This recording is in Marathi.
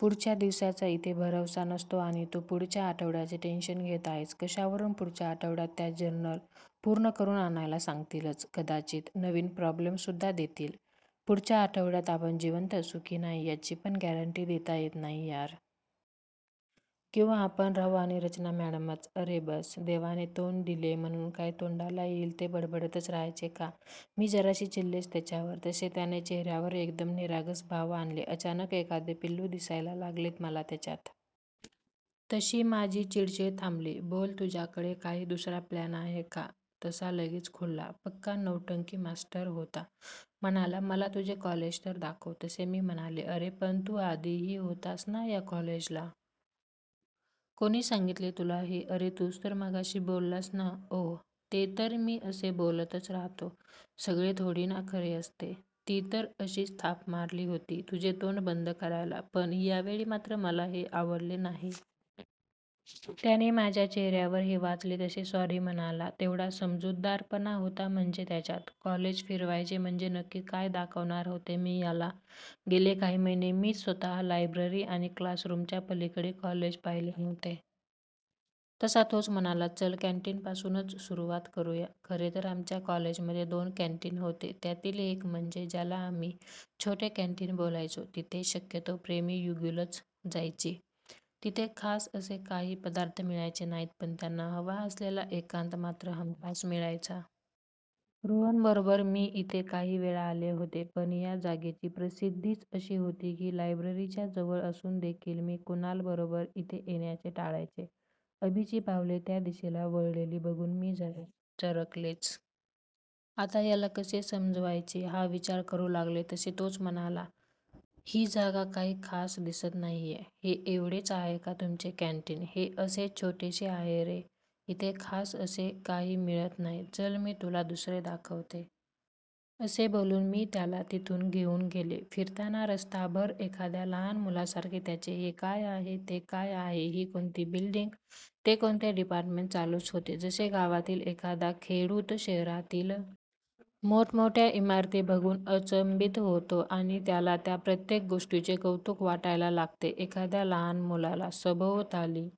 पुढच्या दिवसाचा इथे भरवसा नसतो आणि तू पुढच्या आठवड्याचे टेंशन घेत आहेस.. कशावरून पुढच्या आठवड्यात त्या जर्नल पूर्ण करून आणायला सांगतीलच.. कदाचित नवीन प्रॉब्लेमसुद्धा देतील.. पुढच्या आठवड्यात आपण जिवंत असू की नाही याची पण गॅरंटी देता येत नाही यार.. किंवा आपण राहू आणि रचना मॅडमच""अरे बस!! देवाने तोंड दिलेय म्हणून काय तोंडाला येईल ते बडबडतच राहायचे का? " मी जराशी चिडलेच त्याच्यावर. तसे त्याने चेहर्यावर एकदम निरागस भाव आणले. अचानक एखादे पिल्लू दिसायला लागले मला त्याच्यात. तशी माझी चिडचिड थांबली. "बोल, तुझ्याकडे काही दुसरा प्लॅन आहे का? तसा लगेच खुलला. पक्का नौटंकीमास्टर होता. म्हणाला, "मला तुझे कॉलेज तर दाखव. "तसे मी म्हणाले, "अरे पण तू आधी ही होतास ना या कॉलेजला.. ""कोणी सांगितले तुला हे? ""अरे तूच तर मगाशी बोललास ना? ""ओह्ह, ते तर मी असे बोलतच राहतो. सगळे थोडी ना खरे असते. ती तर अशीच थाप मारली होती, तुझे तोंड बंद करायला. पण यावेळी मात्र मला हे आवडले नाही. त्याने माझ्या चेहर्यावर हे वाचले तसे सॉरी म्हणाला.. तेवढा समजूतदारपणा होता म्हणजे त्याच्यात.. कॉलेज फिरवायचे म्हणजे नक्की काय दाखवणार होते मी याला. गेले काही महिने मीच स्वता लायब्ररी आणि क्लासरूमच्या पलीकडे कॉलेज पाहिले नव्हते. तसा तोच म्हणाला चल कॅंटीनपासूनच सुरूवात करूया. खरे तर आमच्या कॉलेजमध्ये दोन कॅंटीन होते. त्यातील एक म्हणजे ज्याला आम्ही छोटे कॅंटीन बोलायचो, तिथे शक्यतो प्रेमी युगुलच जायची. तिथे खास असे काही पदार्थ मिळायचे नाहीत पण त्यांना हवा असलेला एकांत मात्र हमखास मिळायचा. रोहन बरोबर मी इथे काही वेळा आले होते. पण या जागेची प्रसिद्धीच अशी होती की लायब्ररीच्या जवळ असून देखील मी कुणाल बरोबर इथे येण्याचे टाळायचे. अभीची पावले त्या दिशेला वळलेली बघून मी जरा चरकलेच. आता याला कसे समजवायचे हा विचार करू लागले तसे तोच म्हणाला, "ही जागा काही खास दिसत नाहिये, हे एवढेच आहे का तुमचे कॅंटीन? ""हे असेच छोटेसे आहे रे, इथे खास असे काही मिळत नाही, चल मी तुला दुसरे दाखवते. " असे बोलून मी त्याला तिथून घेऊन गेले. फिरताना रस्ताभर एखाद्या लहान मुलासारखे त्याचे हे काय आहे, ते काय आहे, ही कोणती बिल्डींग, ते कोणते डिपार्टमेंट चालूच होते. जसे गावातील एखादा खेडूत शहरातील मोठ्या मोठ्या इमारती बघून अचंबित होतो आणि त्याला त्या प्रत्येक गोष्टीचे कौतुक वाटायला लागते, एखाद्या लहान मुलाला सभोवताली